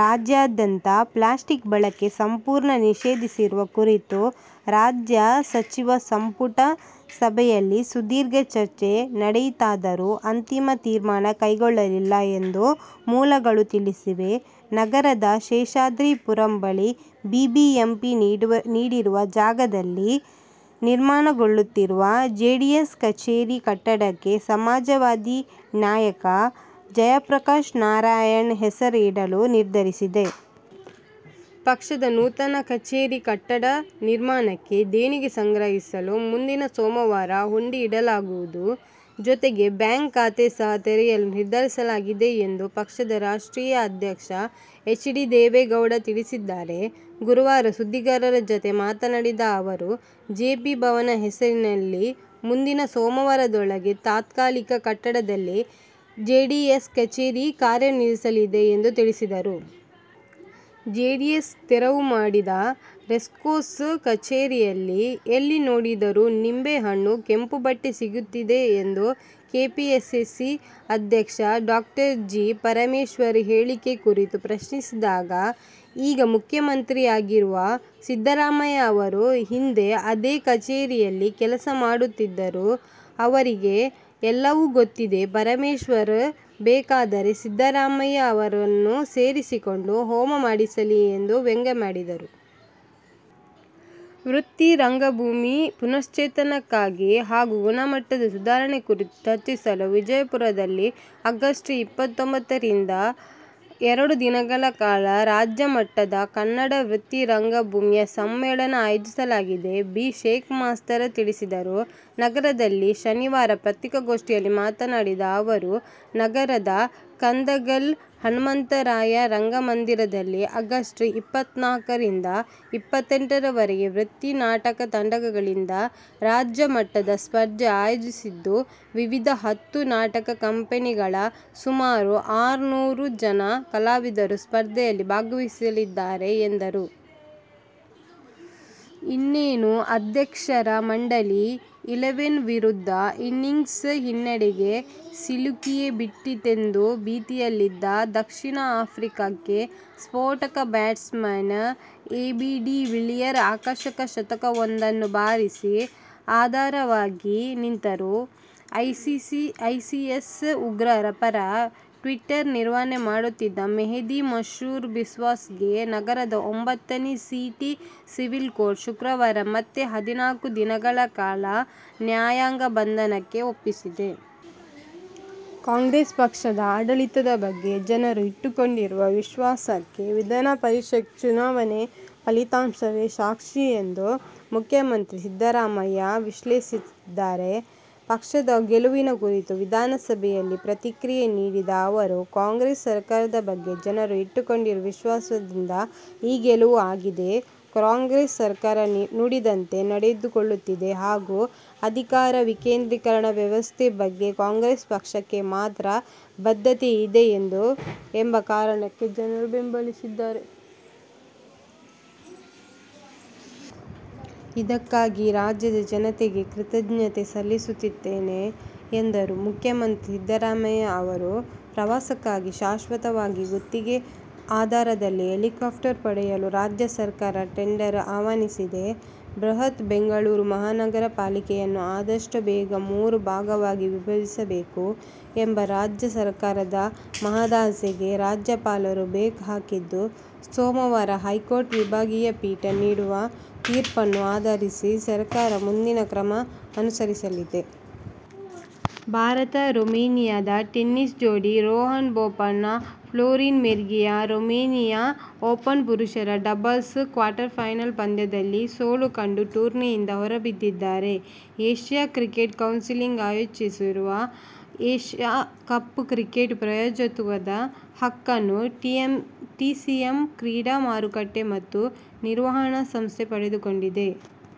ರಾಜ್ಯಾದ್ಯಂತ ಪ್ಲಾಸ್ಟಿಕ್ ಬಳಕೆ ಸಂಪೂರ್ಣ ನಿಷೇಧಿಸುವ ಕುರಿತು ರಾಜ್ಯ ಸಚಿವ ಸಂಪುಟ ಸಭೆಯಲ್ಲಿ ಸುದೀರ್ಘ ಚರ್ಚೆ ನಡೆಯಿತಾದರೂ ಅಂತಿಮ ತೀರ್ಮಾನ ಕೈಗೊಳ್ಳಲಿಲ್ಲ ಎಂದು ಮೂಲಗಳು ತಿಳಿಸಿವೆ. ನಗರದ ಶೇಷಾದ್ರಿಪುರಂ ಬಳಿ ಬಿಬಿಎಂಪಿ ನೀಡಿರುವ ಜಾಗದಲ್ಲಿ ನಿರ್ಮಾಣಗೊಳ್ಳಲಿರುವ ಜೆಡಿಎಸ್ ಕಚೇರಿ ಕಟ್ಟಡಕ್ಕೆ ಸಮಾಜವಾದಿ ನಾಯಕ ಜಯಪ್ರಕಾಶ್ ನಾರಾಯಣ್ ಹೆಸರು ಇಡಲು ನಿರ್ಧರಿಸಲಾಗಿದೆ. ಪಕ್ಷದ ನೂತನ ಕಚೇರಿ ಕಟ್ಟಡ ನಿರ್ಮಾಣಕ್ಕೆ ದೇಣಿಗೆ ಸಂಗ್ರಹಿಸಲು ಮುಂದಿನ ಸೋಮವಾರ ಹುಂಡಿ ಇಡಲಾಗುವುದು. ಜತೆಗೆ ಬ್ಯಾಂಕ್ ಖಾತೆ ಸಹ ತೆರೆಯಲು ನಿರ್ಧರಿಸಲಾಗಿದೆ ಎಂದು ಪಕ್ಷದ ರಾಷ್ಟ್ರೀಯ ಅಧ್ಯಕ್ಷ ಎಚ್. ಡಿ. ದೇವೇಗೌಡ ತಿಳಿಸಿದ್ದಾರೆ. ಗುರುವಾರ ಸುದ್ದಿಗಾರರ ಜತೆ ಮಾತನಾಡಿದ ಅವರು, ಜೆಪಿ ಭವನ ಹೆಸರಿನಲ್ಲಿ ಮುಂದಿನ ಸೋಮವಾರದೊಳಗೆ ತಾತ್ಕಾಲಿಕ ಕಟ್ಟಡದಲ್ಲಿ ಜೆಡಿಎಸ್ ಕಚೇರಿ ಕಾರ್ಯನಿರ್ವಹಿಸಲಿದೆ ಎಂದು ತಿಳಿಸಿದರು. ಜೆಡಿಎಸ್ ತೆರವು ಮಾಡಿದ ರೇಸ್ಕೋರ್ಸ್ ಕಚೇರಿಯಲ್ಲಿ ಎಲ್ಲಿ ನೋಡಿದರೂ ನಿಂಬೆಹಣ್ಣು, ಕೆಂಪುಬಟ್ಟೆ ಸಿಗುತ್ತಿದೆ ಎಂಬ ಕೆಪಿಸಿಸಿ ಅಧ್ಯಕ್ಷ ಡಾ ಜಿ. ಪರಮೇಶ್ವರ್ ಹೇಳಿಕೆ ಕುರಿತು ಪ್ರಶ್ನಿಸಿದಾಗ, ಈಗ ಮುಖ್ಯಮಂತ್ರಿಯಾಗಿರುವ ಸಿದ್ದರಾಮಯ್ಯ ಅವರೂ ಹಿಂದೆ ಅದೇ ಕಚೇರಿಯಲ್ಲಿ ಕೆಲಸ ಮಾಡಿದವರು. ಅವರಿಗೆ ಎಲ್ಲವೂ ಗೊತ್ತಿದೆ. ಪರಮೇಶ್ವರ್ ಬೇಕಾದರೆ ಸಿದ್ದರಾಮಯ್ಯ ಅವರನ್ನೂ ಸೇರಿಸಿಕೊಂಡು ಹೋಮ ಮಾಡಿಸಲಿ ಎಂದು ವ್ಯಂಗ್ಯವಾಡಿದರು. ವೃತ್ತಿ ರಂಗಭೂಮಿ ಪುನಶ್ಚೇತನಕ್ಕಾಗಿ ಹಾಗೂ ಗುಣಮಟ್ಟ ಸುಧಾರಣೆ ಕುರಿತು ಚರ್ಚಿಸಲು ವಿಜಯಪುರದಲ್ಲಿ ಆಗಸ್ಟ್ ಇಪ್ಪತ್ತೊಂಬತ್ತ ರಿಂದ ಎರಡು ದಿನಗಳ ಕಾಲ ರಾಜ್ಯಮಟ್ಟದ ಕನ್ನಡ ವೃತ್ತಿ ರಂಗಭೂಮಿಯ ಸಮ್ಮೇಳನ ಆಯೋಜಿಸಲಾಗಿದೆ. ಬಿ. ಶೇಖ್ ಮಾಸ್ತರ ತಿಳಿಸಿದರು. ನಗರದಲ್ಲಿ ಶನಿವಾರ ಪತ್ರಿಕಾಗೋಷ್ಠಿಯಲ್ಲಿ ಮಾತನಾಡಿದ ಅವರು, ನಗರದ ಕಂದಗಲ್ ಹನುಮಂತರಾಯ ರಂಗಮಂದಿರದಲ್ಲಿ ಆಗಸ್ಟ್ ಇಪ್ಪತ್ತನಾಲ್ಕ ರಿಂದ ಇಪ್ಪತ್ತೆಂಟು ರವರೆಗೆ ವೃತ್ತಿ ನಾಟಕ ತಂಡಗಳಿಂದ ರಾಜ್ಯಮಟ್ಟದ ಸ್ಪರ್ಧೆ ಆಯೋಜಿಸಿದ್ದು, ವಿವಿಧ ಹತ್ತು ನಾಟಕ ಕಂಪನಿಗಳ ಸುಮಾರು ಆರುನ್ನೂರು ಜನ ಕಲಾವಿದರು ಸ್ಪರ್ಧೆಯಲ್ಲಿ ಭಾಗವಹಿಸಲಿದ್ದಾರೆ ಎಂದರು. ಇನ್ನೇನು ಅಧ್ಯಕ್ಷರ ಮಂಡಳಿ ಇಲೆವೆನ್ ವಿರುದ್ಧ ಇನ್ನಿಂಗ್ಸ್ ಹಿನ್ನಡೆಗೆ ಸಿಲುಕಿಯೇ ಬಿಟ್ಟಿತೆಂಬ ಭೀತಿಯಲ್ಲಿದ್ದ ದಕ್ಷಿಣ ಆಫ್ರಿಕಾಕ್ಕೆ ಸ್ಫೋಟಕ ಬ್ಯಾಟ್ಸ್ಮನ್ ಎಬಿ ಡಿ ವಿಲಿಯರ್ ಆಕರ್ಷಕ ಶತಕವೊಂದನ್ನು ಬಾರಿಸಿ ಆಧಾರವಾಗಿ ನಿಂತರು. ಐಸಿಸ್ ಉಗ್ರರ ಪರ ಟ್ವೀಟರ್ ನಿರ್ವಹಣೆ ಮಾಡುತ್ತಿದ್ದ ಮೆಹದಿ ಮಸ್ರೂರ್ ಬಿಸ್ವಾಸ್ ಗೆ ನಗರದ ಒಂಬ್ಬತ್ತನೇ ಸಿಟಿ ಸಿವಿಲ್ ಕೋರ್ಟ್ ಶುಕ್ರವಾರ ಮತ್ತೆ ಹದಿನಾಲ್ಕು ದಿನಗಳ ಕಾಲ ನ್ಯಾಯಾಂಗ ಬಂಧನಕ್ಕೆ ಒಪ್ಪಿಸಿದೆ. ಕಾಂಗ್ರೆಸ್ ಪಕ್ಷದ ಆಡಳಿತದ ಬಗ್ಗೆ ಜನರು ಇಟ್ಟುಕೊಂಡಿರುವ ವಿಶ್ವಾಸಕ್ಕೆ ವಿಧಾನಪರಿಷತ್ ಚುನಾವಣೆ ಫಲಿತಾಂಶವೇ ಸಾಕ್ಷಿ ಎಂದು ಮುಖ್ಯಮಂತ್ರಿ ಸಿದ್ದರಾಮಯ್ಯ ವಿಶ್ಲೇಷಿಸಿದ್ದಾರೆ. ಪಕ್ಷದ ಗೆಲುವಿನ ಕುರಿತು ವಿಧಾನಸೌಧದಲ್ಲಿ ಪ್ರತಿಕ್ರಿಯೆ ನೀಡಿದ ಅವರು, ಕಾಂಗ್ರೆಸ್ ಸರ್ಕಾರದ ಬಗ್ಗೆ ಜನರು ಇಟ್ಟುಕೊಂಡಿರುವ ವಿಶ್ವಾಸದಿಂದಾಗಿ ಈ ಗೆಲುವು ಆಗಿದೆ. ಕಾಂಗ್ರೆಸ್ ಸರ್ಕಾರ ನುಡಿದಂತೆ ನಡೆದುಕೊಳ್ಳುತ್ತಿದೆ ಹಾಗೂ ಅಧಿಕಾರ ವಿಕೇಂದ್ರೀಕರಣ ವ್ಯವಸ್ಥೆ ಬಗ್ಗೆ ಕಾಂಗ್ರೆಸ್ ಪಕ್ಷಕ್ಕೆ ಮಾತ್ರ ಬದ್ಧತೆ ಇದೆ ಎಂಬ ಕಾರಣಕ್ಕೆ ಜನರು ಬೆಂಬಲಿಸಿದ್ದಾರೆ. ಇದಕ್ಕಾಗಿ ರಾಜ್ಯದ ಜನತೆಗೆ ಕೃತಜ್ಞತೆ ಸಲ್ಲಿಸುತ್ತೇನೆ ಎಂದರು. ಮುಖ್ಯಮಂತ್ರಿ ಸಿದ್ದರಾಮಯ್ಯ ಅವರ ಪ್ರವಾಸಕ್ಕಾಗಿ ಶಾಶ್ವತವಾಗಿ ಗುತ್ತಿಗೆ ಆಧಾರದಲ್ಲಿ ಹೆಲಿಕಾಪ್ಟರ್ ಪಡೆಯಲು ರಾಜ್ಯ ಸರ್ಕಾರ ಟೆಂಡರ್ ಆಹ್ವಾನಿಸಿದೆ. ಬೃಹತ್ ಬೆಂಗಳೂರು ಮಹಾನಗರ ಪಾಲಿಕೆಯನ್ನು ಆದಷ್ಟು ಬೇಗ ಮೂರು ಭಾಗವಾಗಿ ವಿಭಜಿಸಬೇಕು ಎಂಬ ರಾಜ್ಯ ಸರ್ಕಾರದ ಮಹದಾಸೆಗೆ ರಾಜ್ಯಪಾಲರು ಬ್ರೇಕ್ ಹಾಕಿದ್ದು, ಸೋಮವಾರ ಹೈಕೋರ್ಟ್ ವಿಭಾಗೀಯ ಪೀಠ ನೀಡುವ ತೀರ್ಪನ್ನು ಆಧರಿಸಿ ಸರ್ಕಾರ ಮುಂದಿನ ಕ್ರಮ ಅನುಸರಿಸಲಿದೆ. ಭಾರತ-ರೊಮೇನಿಯಾದ ಟೆನ್ನಿಸ್ ಜೋಡಿ Rohan Bopanna Florin Mergea Romania Open ಪುರುಷರ ಡಬಲ್ಸ್ ಕ್ವಾರ್ಟರ್ಫೈನಲ್ ಪಂದ್ಯದಲ್ಲಿ ಸೋಲು ಕಂಡು ಟೂರ್ನಿಯಿಂದ ಹೊರಬಿದ್ದಿದ್ದಾರೆ. ಏಶ್ಯ ಕ್ರಿಕೆಟ್ ಕೌನ್ಸಿಲ್ ಆಯೋಜಿಸುವ ಏಶ್ಯ ಕಪ್ ಕ್ರಿಕೆಟ್ ಪ್ರಾಯೋಜಕತ್ವದ ಹಕ್ಕನ್ನು ಟಿಸಿಎಂ ಕ್ರೀಡಾ ಮಾರುಕಟ್ಟೆ ಮತ್ತು ನಿರ್ವಹಣಾ ಸಂಸ್ಥೆ ಪಡೆದುಕೊಂಡಿದೆ.